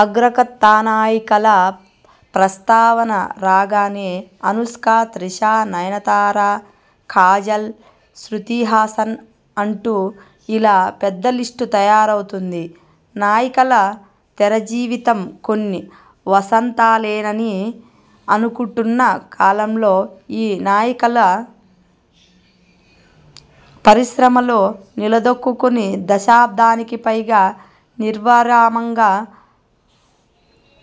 అగ్రకథానాయికల ప్రస్తావన రాగానే అనుష్క, త్రిష, నయనతార, కాజల్, శ్రుతీహాసన్ అంటూ ఇలా పెద్దలిస్టు తయారవుతుంది. నాయికల తెరజీవితం కొన్ని వసంతాలేనని అనుకుంటున్న కాలంలో ఈ నాయికలు పరిశ్రమలో నిలదొక్కుకుని దశాబ్దానికి పైగా నిర్విరామంగా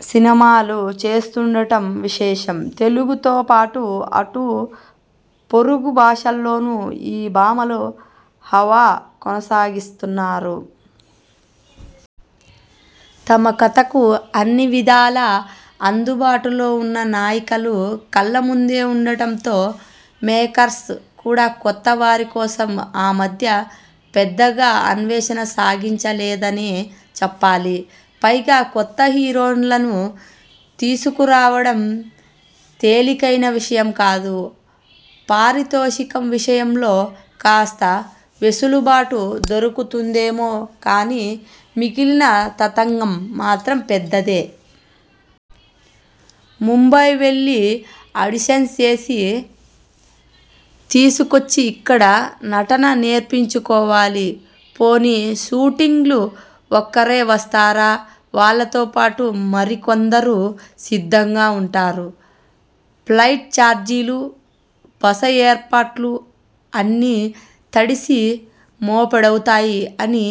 సినిమాలు చేస్తుండటం విశేషం. తెలుగుతో పాటు అటు పొరుగు భాషల్లోనూ ఈ భామలు హవా కొనసాగిస్తున్నారు. తమ కథకు అన్ని విధాలా అందుబాటులో ఉన్న నాయికలు కళ్ల ముందే ఉండటంతో మేకర్స్ కూడా కొత్తవారి కోసం ఆ మధ్య పెద్దగా అన్వేషణ సాగించలేదనే చెప్పాలి. పైగా, కొత్త హీరోయిన్లను తీసుకురావడం తేలికైన విషయంకాదు. పారితోషికం విషయంలో కాస్త వెసులుబాటు దొరుకుతుందేమో కానీ మిగిలిన తతంగం మాత్రం పెద్దదే. ముంబై వెళ్లి ఆడిషన్స్ చేసి తీసుకొచ్చి ఇక్కడ నటన నేర్పించుకోవాలి. పోనీ షూటింగ్కి ఒక్కరే వస్తారా? వాళ్లతో పాటు మరికొందరు సిద్ధంగా ఉంటారు. ఫ్లైట్ చార్జీలు, బస ఏర్పాట్లు అన్నీ తడిసి మోపెడవుతాయి అని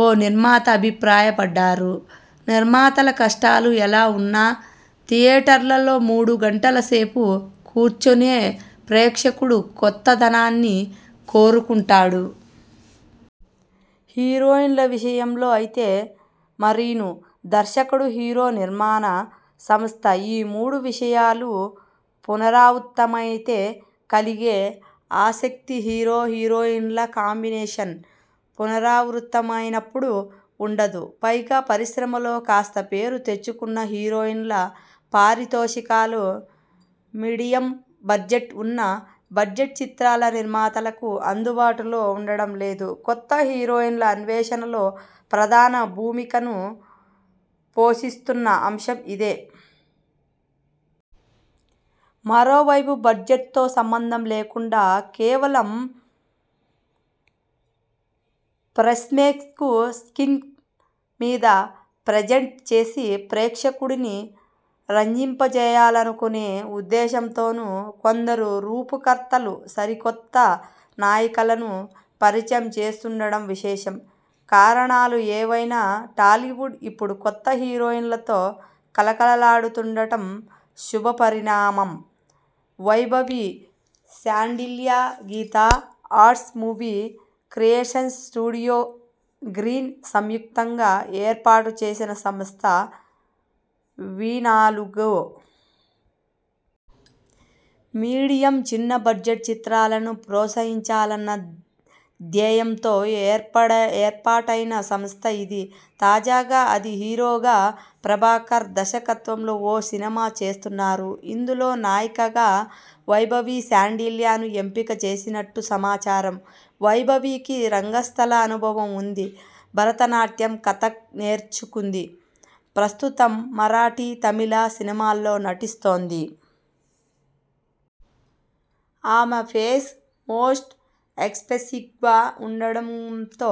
ఓ నిర్మాత అభిప్రాయపడ్డారు. నిర్మాతల కష్టాలు ఎలా ఉన్నా థియేటర్లో మూడు గంటల సేపు కూర్చునే ప్రేక్షకుడు కొత్తదనాన్ని కోరుకుంటాడు. హీరోయిన్ల విషయంలో అయితే మరీనూ. దర్శకుడు-హీరో-నిర్మాణ సంస్థ ఈ మూడు విషయాలు పునరావృతమైతే కలిగే ఆసక్తి హీరో-హీరోయిన్ల కాంబినేషన్ పునరావృతమైనప్పుడు ఉండదు పైగా పరిశ్రమలో కాస్త పేరు తెచ్చుకున్న హీరోయిన్ల పారితోషికాలు, మీడియమ్ బడ్జెట్, చిన్న బడ్జెట్ చిత్రాల నిర్మాతలకు అందుబాటులో ఉండటం లేదు. కొత్త హీరోయిన్ల అన్వేషణలో ప్రధాన భూమికను పోషిస్తున్న అంశం ఇదే! మరోవైపు బడ్జెట్తో సంబంధం లేకుండా, కేవలం ఫ్ప్రెస్ కు స్క్రీన్ మీద ప్రెజంట్ చేసి, ప్రేక్షకుడిని రంజింపజేయాలనుకునే ఉద్దేశంతోనూ కొందరు రూపకర్తలు సరికొత్త నాయికలను పరిచయం చేస్తుండటం. కారణాలు ఏవైనా టాలీవుడ్ ఇప్పుడు కొత్త హీరోయిన్లతో కళకళలాడుతుండటం శుభపరిణామం. Vaibhavi Sandilya Geetha Arts, UV Creations, Studio Green సంయుక్తంగా ఏర్పాటు చేసిన సంస్థ వీనాలుగు. మీడియమ్, చిన్న బడ్జెట్ చిత్రాలను ప్రోత్సహించాలన్న ధ్యేయంతో ఏర్పాటైన సంస్థ ఇది. తాజాగా ఆది హీరోగా ప్రభాకర్ దర్శకత్వంలో ఓ సినిమా చేస్తున్నారు. ఇందులో నాయికగా వైభవి శాండిల్యను ఎంపిక చేసినట్టు సమాచారం. వైభవికి రంగస్థల అనుభవం ఉంది. భరతనాట్యం, కథక్ నేర్చుకుంది. ప్రస్తుతం మరాఠీ, తమిళ సినిమాల్లో నటిస్తోంది. ఆమె ఫేస్ మోస్ట్ ఎక్స్ప్రెసివ్గా ఉండటంతో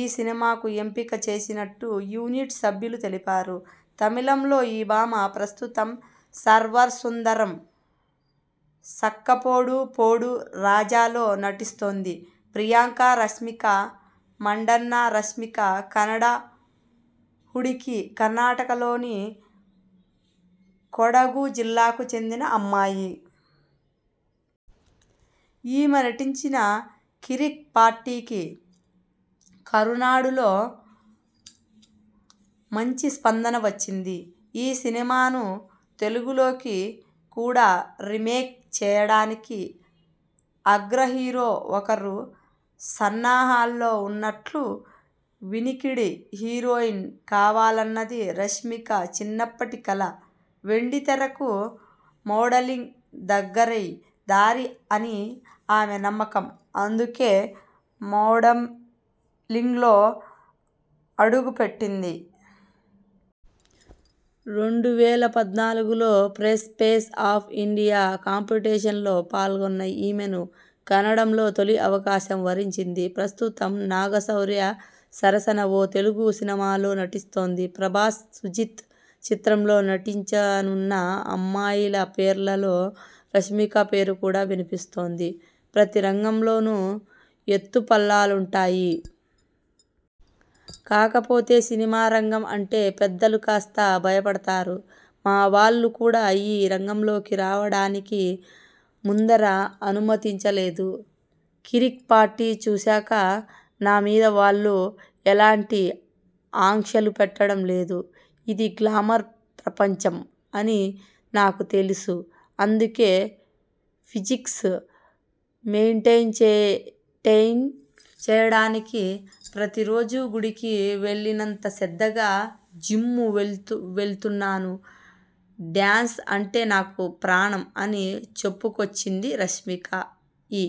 ఈ సినిమాకు ఎంపిక చేసినట్టు యూనిట్ సభ్యులు తెలిపారు. తమిళంలో ఈ భామ ప్రస్తుతం 'సర్వర్ సుందరం', 'సక్కపోడు పోడు రాజా'లో నటిస్తోంది. ప్రియాంక రష్మికా మండన్న రష్మిక కన్నడ హుడుగి. కర్ణాటకలోని కొడగు జిల్లాకు చెందిన అమ్మాయి. ఈమె నటించిన 'కిరిక్ పార్టీ'కి కరునాడులో మంచి స్పందన వచ్చింది. ఈ సినిమాను తెలుగులోకి కూడా రీమేక్ చేయడానికి అగ్రహీరో ఒకరు సన్నాహాల్లో ఉన్నట్లు వినికిడి. హీరోయిన్ కావాలన్నది రష్మిక చిన్నప్పటి కల వెండితెరకు మోడలింగ్ దగ్గరి దారి అని ఆమె నమ్మకం. అందుకే మోడలింగ్లో అడుగుపెట్టింది. రెండు వేల పద్నాలుగులో 'ఫ్రెష్ ఫేస్ ఆఫ్ ఇండియా' కాంపిటిషన్లో పాల్గొన్న ఈమెను కన్నడంలో తొలి అవకాశం వరించింది. ప్రస్తుతం నాగశౌర్య సరసన ఓ తెలుగు సినిమాలో నటిస్తోంది. ప్రభాస్, సుజిత్ చిత్రంలో నటించనున్న అమ్మాయిల పేర్లలో రష్మిక పేరు కూడా వినిపిస్తోంది. ప్రతి రంగంలోనూ ఎత్తుపల్లాలుంటాయి. కాకపోతే సినిమా రంగం అంటే పెద్దలు కాస్త భయపడతారు. మా వాళ్లు కూడా ఈ రంగంలోకి రావడానికి ముందర అనుమతించలేదు. 'కిరిక్ పార్టీ' చూశాక నా మీద వాళ్లు ఎలాంటి ఆంక్షలూ పెట్టడం లేదు. ఇది గ్లామర్ ప్రపంచం అని నాకు తెలుసు. అందుకే ఫిజిక్ని మెయింటెయిన్ చేయడానికి ప్రతిరోజూ గుడికి వెళ్లినంత శ్రద్ధగా జిమ్కు వెళ్తున్నాను. డ్యాన్స అంటే నాకు ప్రాణం అని చెప్పుకొచ్చింది రష్మిక. ఈ